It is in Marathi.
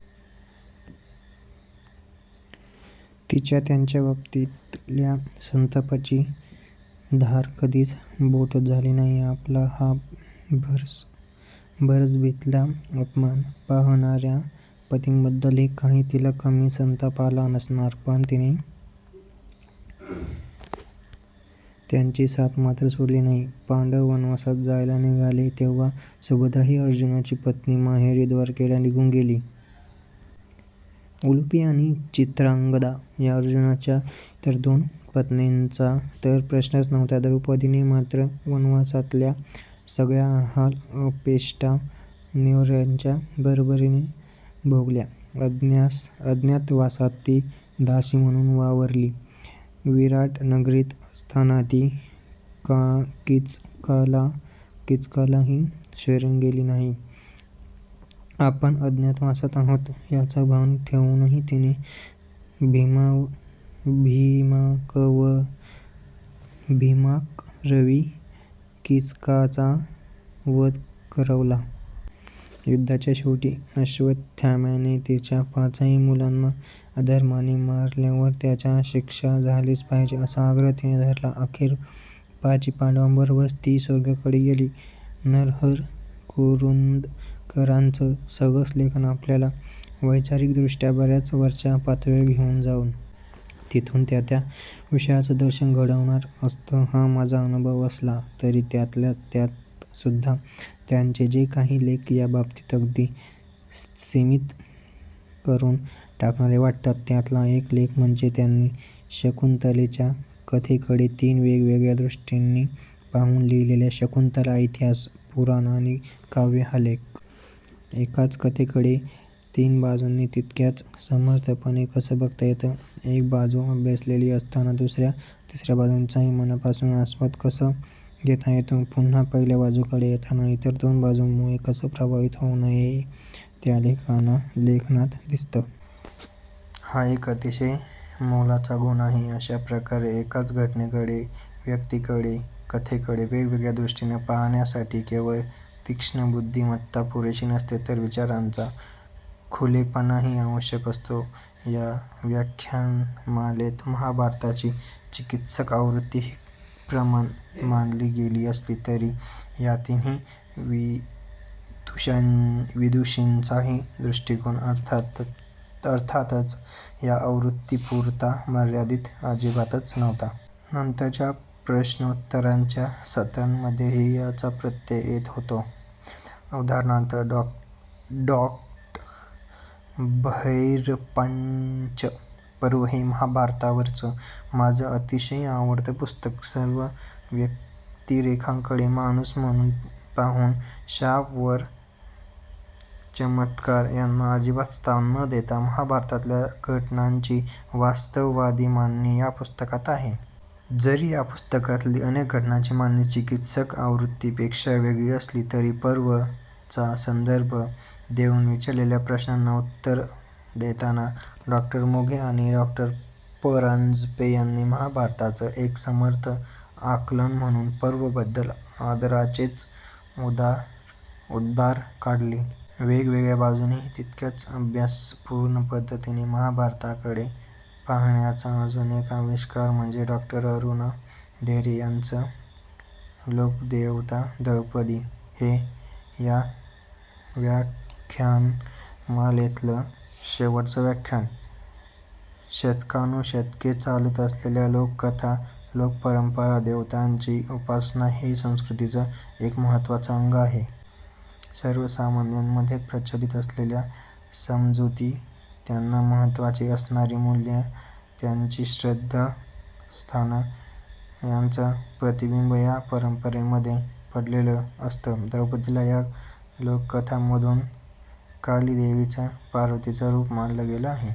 तिच्या त्यांच्या बाबतीतल्या संतापाची धार कधीच बोथट झाली नाही. आपला हा भरसभेतला अपमान पाहणार्या पतींबद्दलही काही तिला कमी संताप आला नसणार, पण तिने त्यांची साथ मात्र सोडली नाही. पांडव वनवासात जायला निघाले, तेव्हा सुभद्रा ही अर्जुनाची पत्नी माहेरी, द्वारकेला निघून गेली. उलूपी आणि चित्रांगदा या अर्जुनाच्या इतर दोन पत्नींचा तर प्रश्नच नव्हता. द्रौपदीने मात्र वनवासातल्या सगळ्या हालअपेष्टा नवर्यांच्या बरोबरीने भोगल्या. अज्ञातवासात ती दासी म्हणून वावरली. विराटनगरीत असताना ती कीचकालाही शरण गेली नाही. आपण अज्ञातवासात आहोत याचं भान ठेवूनही तिने भीमाकरवी कीचकाचा वध करवला. युद्धाच्या शेवटी अश्वत्थाम्याने तिच्या पाचही मुलांना अधर्माने मारल्यावर त्याला शिक्षा झालीच पाहिजे, असा आग्रह तिने धरला. अखेर पाची पांडवांबरोबरच ती स्वर्गाकडे गेली. नरहर कुरुंदकरांचं सगळंच लेखन आपल्याला वैचारिकदृष्ट्या बर्याच वरच्या पातळीवर घेऊन जाऊन तिथून त्या त्या विषयाचं दर्शन घडवणारं असतं हा माझा अनुभव असला, तरी त्यातल्या त्यातसुद्धा त्यांचे जे काही लेख या बाबतीत अगदी स्तिमित करून टाकणारे वाटतात, त्यातला एक लेख म्हणजे त्यांनी शकुंतलेच्या कथेकडे तीन वेगवेगळ्या दृष्टींनी पाहून लिहिलेला ' शकुंतला: इतिहास, पुराण आणि काव्य' हा लेख. एकाच कथेकडे तीन बाजूंनी तितक्याच समर्थपणे कसं बघता येतं, एक बाजू अभ्यासलेली असताना दुसर्या, तिसर्या बाजूंचाही मनापासून आस्वाद कसा घेता येतो, पुन्हा पहिल्या बाजूकडे येताना इतर दोन बाजूंमुळे कसं प्रभावित होऊ नये, हे त्या लेखनात दिसतं. हा एक अतिशय मोलाचा गुण आहे. अशा प्रकारे एकाच घटनेकडे, व्यक्तीकडे, कथेकडे वेगवेगळ्या दृष्टींनी पाहण्यासाठी केवळ तीक्ष्ण बुद्धिमत्ता पुरेशी नसते, तर विचारांचा खुलेपणाही आवश्यक असतो. या व्याख्यानमालेत महाभारताची चिकित्सक आवृत्ती ही प्रमाण मानली गेली असली, तरी या तिन्ही विदुषींचाही दृष्टिकोन अर्थातच या आवृत्तीपुरता मर्यादित अजिबातच नव्हता. नंतरच्या प्रश्नोत्तरांच्या सत्रांमध्येही याचा प्रत्यय येत होता. उदा. डॉ. भैरप्पांचं 'पर्व' हे महाभारतावरचं माझं अतिशय आवडतं पुस्तक. सर्व व्यक्तिरेखांकडे 'माणूस' म्हणून पाहून, शाप, वर, चमत्कार यांना अजिबात स्थान न देता, महाभारतातल्या घटनांची वास्तववादी मांडणी या पुस्तकात आहे. जरी या पुस्तकातली अनेक घटनांची मांडणी चिकित्सक आवृत्तीपेक्षा वेगळी असली, तरी 'पर्व' चा संदर्भ देऊन विचारलेल्या प्रश्नांना उत्तरं देताना डॉ. मोघे आणि डॉ. परांजपे यांनी महाभारताचं एक समर्थ आकलन म्हणून 'पर्व'बद्दल आदराचेच उद्गार काढले. वेगळ्या बाजूनेही तितक्याच अभ्यासपूर्ण पद्धतीने महाभारताकडे पाहण्याचा अजून एक आविष्कार म्हणजे डॉ. अरुणा ढेरे यांचं 'लोकदेवता द्रौपदी' हे या व्याख्यानमालेतलं शेवटचं व्याख्यान. शतकानुशतके चालत आलेल्या लोककथा, लोकपरंपरा, देवतांची उपासना हेही संस्कृतीचं एक महत्त्वाचं अंग आहे. सर्वसामान्यांमध्ये प्रचलित असलेल्या समजुती, त्यांना महत्त्वाची असणारी मूल्यं, त्यांची श्रद्धास्थानं यांचं प्रतिबिंब या परंपरांमध्ये पडलेलं असतं. द्रौपदीला या लोककथांमधून काली देवीचं, पार्वतीचं रूप मानलं गेलं आहे.